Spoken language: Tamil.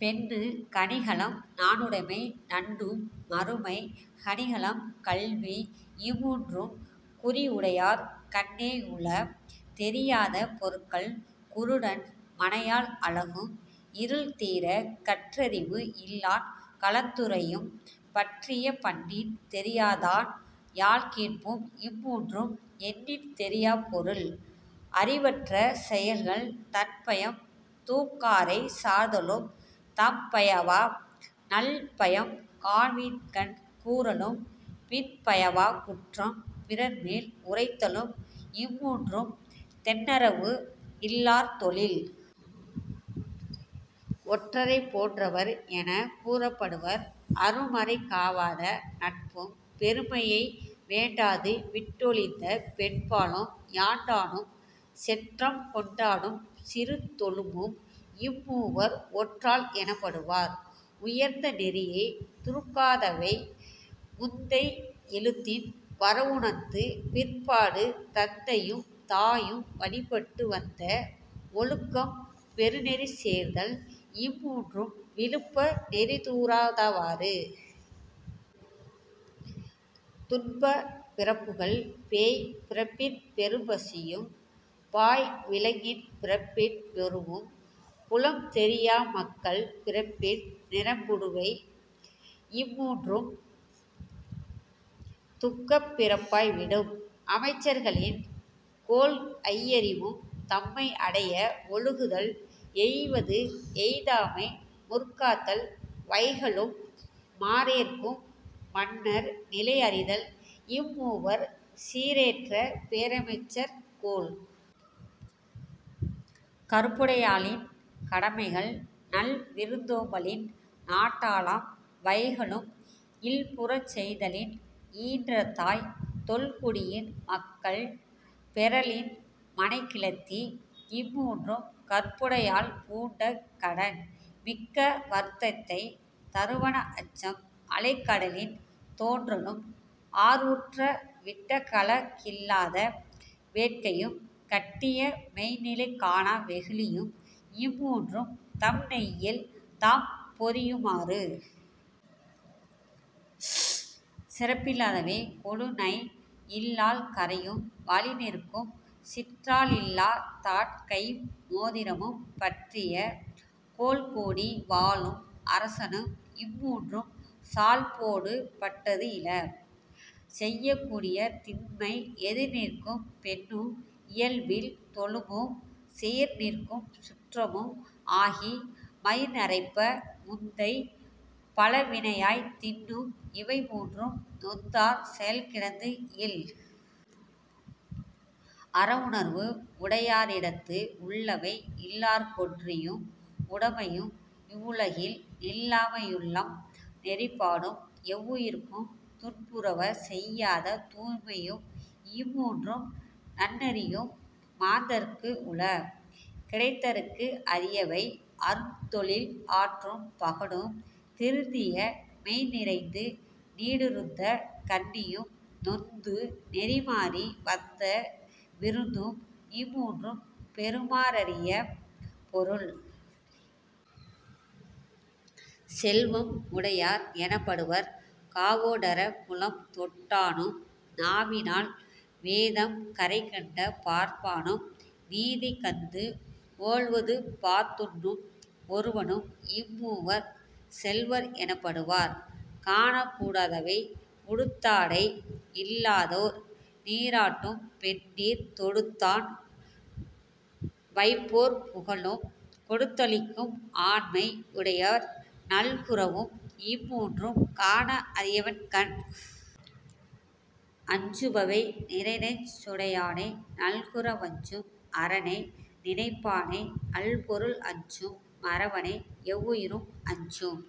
பெண்ணுக் கணிகலம் நாணுடைமை நண்ணும் மறுமைக் கணிகலம் கல்வி இம்மூன்றும் குறியுடையார் கண்ணே யுள.. தெரியாத பொருள்கள் குருடன் மனையாள் அழகும் இருள்தீரக் கற்றறிவு இல்லான் கதழ்ந்துரையும் பற்றிய பண்ணின் தெரியாதான் யாழ்கேட்பும் இம்மூன்றும் எண்ணின் தெரியாப் பொருள்.. அறிவற்ற செயல்கள் தன்பயம் தூக்காரைச் சார்தலும் தாம்பயவா நல்பயம் காய்வின்கண் கூறலும் பின்பயவாக் குற்றம் பிறர்மேல் உரைத்தலும் இம்மூன்றும் தென்றெனவு இல்லார் தொழில்.. ஒற்றரைப் போன்றவர் எனக் கூறப்படுவர் அருமறை காவாத நட்பும் பெருமையை வேண்டாது விட்டுஒழிந்த பெண்பாலும் யாண்டானும் செற்றம்கொண் டாடும் சிறுதொழும்பும் இம்மூவர் ஒற்றாள் எனப்படு வார்.. உயர்ந்த நெறியைத் தூர்க்காதவை முந்தை எழுத்தின் வரவுணர்ந்து பிற்பாடு தந்தையும் தாயும் வழிபட்டு வந்த ஒழுக்கம் பெருநெறி சேர்தல் இம்மூன்றும் விழுப்ப நெறிதூராத வாறு. துன்பப் பிறப்புகள் பேஎய்ப் பிறப்பிற் பெரும்பசியும் பாஅய் விலங்கின் பிறப்பின் வெருவும் புலம்தெரியா மக்கள் பிறப்பின் நிரப்பிடும்பை இம்மூன்றும் துக்கப் பிறப்பாய் விடும்.. அமைச்சர்களின் கோள் ஐயறிவும் தம்மை அடைய ஒழுகுதல் எய்வது எய்தாமை முற்காத்தல் வைகலும் மாறேற்கும் மன்னர் நிலைஅறிதல் இம்மூவர் சீரேற்ற பேரமைச்சர் கோள்.. கற்புடையாளின் கடமைகள் நல்விருந் தோம்பலின் நாட்டாளாம் வைகலும் இல்புறஞ் செய்தலின் ஈன்றதாய் தொல்குடியின் மக்கள் பெறலின் மனைக்கிழத்தி இம்மூன்றும் கற்புடையாள் பூண்ட கடன்.. மிக்க வருத்தத்தைத் தருவன அச்சம் அலைகடலின் தோன்றலும் ஆர்வுற்ற விட்டகல கில்லாத வேட்கையும் கட்டிய மெய்ந்நிலை காணா வெகுளியும் இம்மூன்றும் தம்நெய்யில் தாம்பொரியு மாறு.. சிறப்பில்லாதவை கொழுனை இல்லாள் கறையும் வழிநிற்கும் சிற்றாளில் லாதான்கைம் மோதிரமும் பற்றிய கோல்கோடி வாழும் அரசனும் இம்மூன்றும் சால்போடு பட்டது இல.. செய்யக்கூடிய திண்மை எதிர்நிற்கும் பெண்ணும் இயல்பில் தொழும்பும் செயிர்நிற்கும் சுற்றமும் ஆகி மயிர்நரைப்ப முந்தை பழவினையாய்த் தின்னும் இவைமூன்றும் நொந்தார் செயக்கிடந்து இல்.. அறவுணர்வு உடையாரிடத்து உள்ளவை இல்லார்க்கொன் றீயும் உடைமையும் இவ்வுலகில் நில்லாமை யுள்ளம் நெறிப்பாடும் எவ்வுயிர்க்கும் துன்புறுவ செய்யாத தூய்மையும் இம்மூன்றும் நன்றறியும் மாந்தர்க்கு உள.. கிடைத்தற்கு அரியவை அருந்தொழில் ஆற்றும் பகடும் திருந்திய மெய்ந்நிறைந்து நீடிருந்த கன்னியும் நொந்து நெறிமாறி வந்த விருந்தும் இம்மூன்றும் பெறுமா றரிய பொருள்.. செல்வம் உடையார் எனப்படுவர் காவோ டறக்குளம் தொட்டானும் நாவினால் வேதம் கரைகண்ட பார்ப்பானும் தீதிகந்து ஒல்வதுபாத் துண்ணும் ஒருவனும் இம்மூவர் செல்வர் எனப்படு வார்.. காணக் கூடாதவை உடுத்தாடை இல்லாதோர் நீராட்டும் பெண்டிர் தொடுத்தாண் வைப்போர் புகலும் கொடுத்தளிக்கும் ஆண்மை யுடையவர் நல்குரவும் இம்மூன்றும் காண அரியவென் கண்.. அஞ்சுபவை நிறைநெஞ் சுடையானை நல்குர வஞ்சும் அறனை நினைப்பானை அல்பொருள் அஞ்சும் மறவனை எவ்வுயிரும் அஞ்சும்